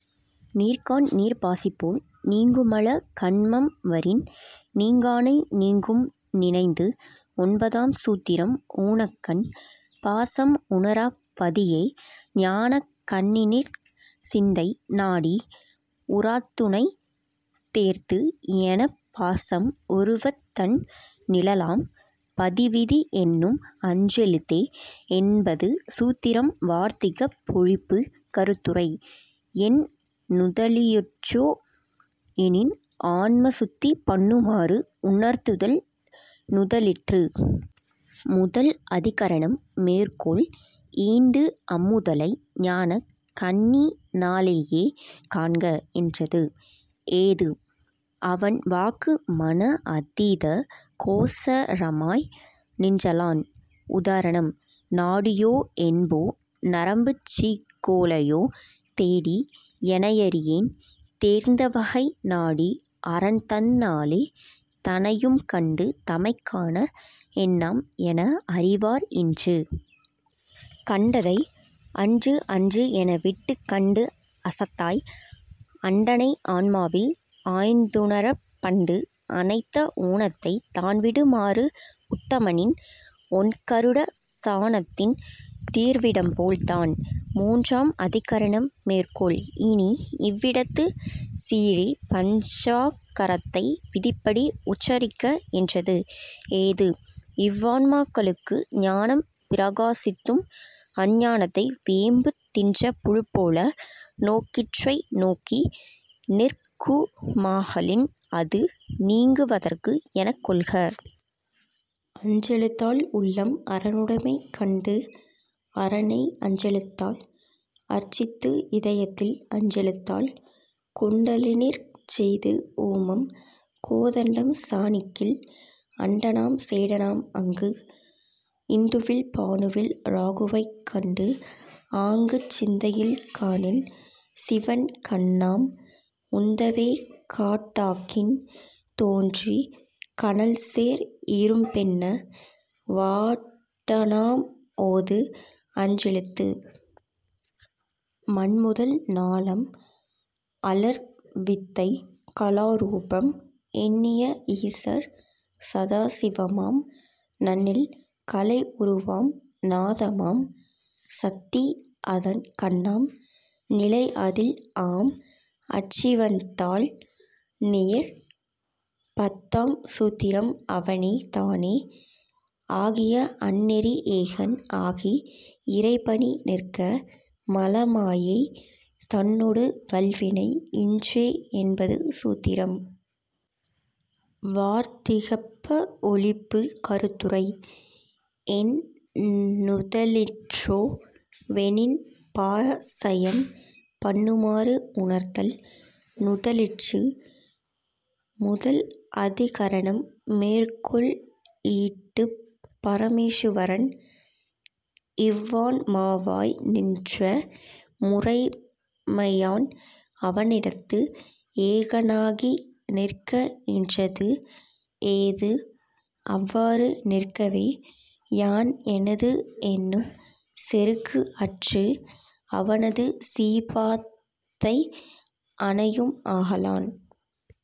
நீங்கான்நீர்ப் பாசிபோல் நீங்குமல கன்மம்வரின் நீங்கானை நீங்கும் நினைந்து. ஒன்பதாம் சூத்திரம் ஊனக்கண் பாசம் உணராப் பதியை ஞானக் கண்ணினிற் சிந்தை நாடி உராத்துனைத் தேர்த்து எனப் பாசம் ஒருவத் தண் நிழலாம் பதிவிதி எண்ணும் அஞ் செழுத்தே என்பது சூத்திரம் வார்த்திகப் பொழிப்பு கருத்துரை: என் நுதலிற்றோ எனின், ஆன்மசுத்தி பண்ணுமாறு உணர்த்துதல் நுதலிற்று. முதல் அதிகரணம் மேற்கோள்: ஈண்டு, அம்முதலை ஞானக் கண்ணினாலேயே காண்க என்றது. ஏது: அவன் வாக்கு மன அதீத கோசரமாய் நின்றலான். உதாரணம்: நாடியோ என்போ நரம்புசீக் கோழையோ தேடி எனையறியேன் தேர்ந்தவகை -- நாடி அரன் தன்னாலே தனையும் கண்டு தமைக்காணார் என்னாம் என அறிவார் இன்று. கண்டதை அன்று அன்று எனவிட்டுக் கண்டு அசத்தாய் அண்டனை ஆன்மாவில் ஆய்ந்துணரப் -- பண்டு அணைத்த ஊனத்தை தான்விடுமாறு உத்தமனின் ஒண்கருட சானத்தின் தீர்விடம்போல் தான்.. மூன்றாம் அதிகரணம் மேற்கோள்: இனி, இவ்விடத்து சிறீ பஞ்சாக்கரத்தை விதிப்படி உச்சரிக்க என்றது. ஏது: இவ்வான்மாக்களுக்கு ஞானம் பிரகாசித்தும் அஞ்ஞானத்தை வேம்பு தின்ற புழுப்போல நோக்கிற்றைநோக்கி நிற்குமாகலின் அது நீங்குதற்கு எனக் கொள்க. அஞ்செழுத்தால் உள்ளம் அரனுடைமை கண்டு அரனை அஞ்செழுத்தால் அர்ச்சித்து இதயத்தில் -- அஞ்செழுத்தால் குண்டலினியிற் செய்து ஓமம் கோதண்டம் சானிக்கில் அண்டனாம் சேடனாம் அங்கு. இந்துவில் பானுவில் இராகுவைக் கண்டுஆங்குச் சிந்தையில் காணில் சிவன் கண்ணாம் -- உந்தவே காட்டாக்கின் தோன்றி கனல்சேர் இரும்பென்ன வாட்டானாம் ஓது அஞ்செழுத்து. மண்முதல் நாளம் அலர் வித்தை கலாரூபம் எண்ணிய ஈசர் சதாசிவமாம் -- நண்ணில் கலை உருவாம் நாதமாம் சத்தி அதன் கண்ணாம் நிலைஅதில் ஆம் அச்சிவன்தாள், நேர். பத்தாம் சூத்திரம் அவனே தானே ஆகிய அந்நெறி ஏகன் ஆகி இறைபணி நிற்க மலமாயை தன்னொடு வல்வினை இன்றே என்பது சூத்திரம். வார்த்திகப் பஒழிப்பு கருத்துரை: என் நுதலிற்றோ வெனின், பாசயம் பண்ணுமாறு உணர்த்துதல் நுதலிற்று.: முதல் அதிகரணம் மேற்கோள்: ஈட்டுப் பரமேசுவரன் இவ்வான்மாவாய் நின்ற முறைமையான் அவனிடத்து ஏகனாகி நிற்கஎன்றது. ஏது: அவ்வாறு நிற்கவே யான் எனது என்னும் செருக்கு அற்று அவனது சீபாதத்தை அணையும் ஆகலான்.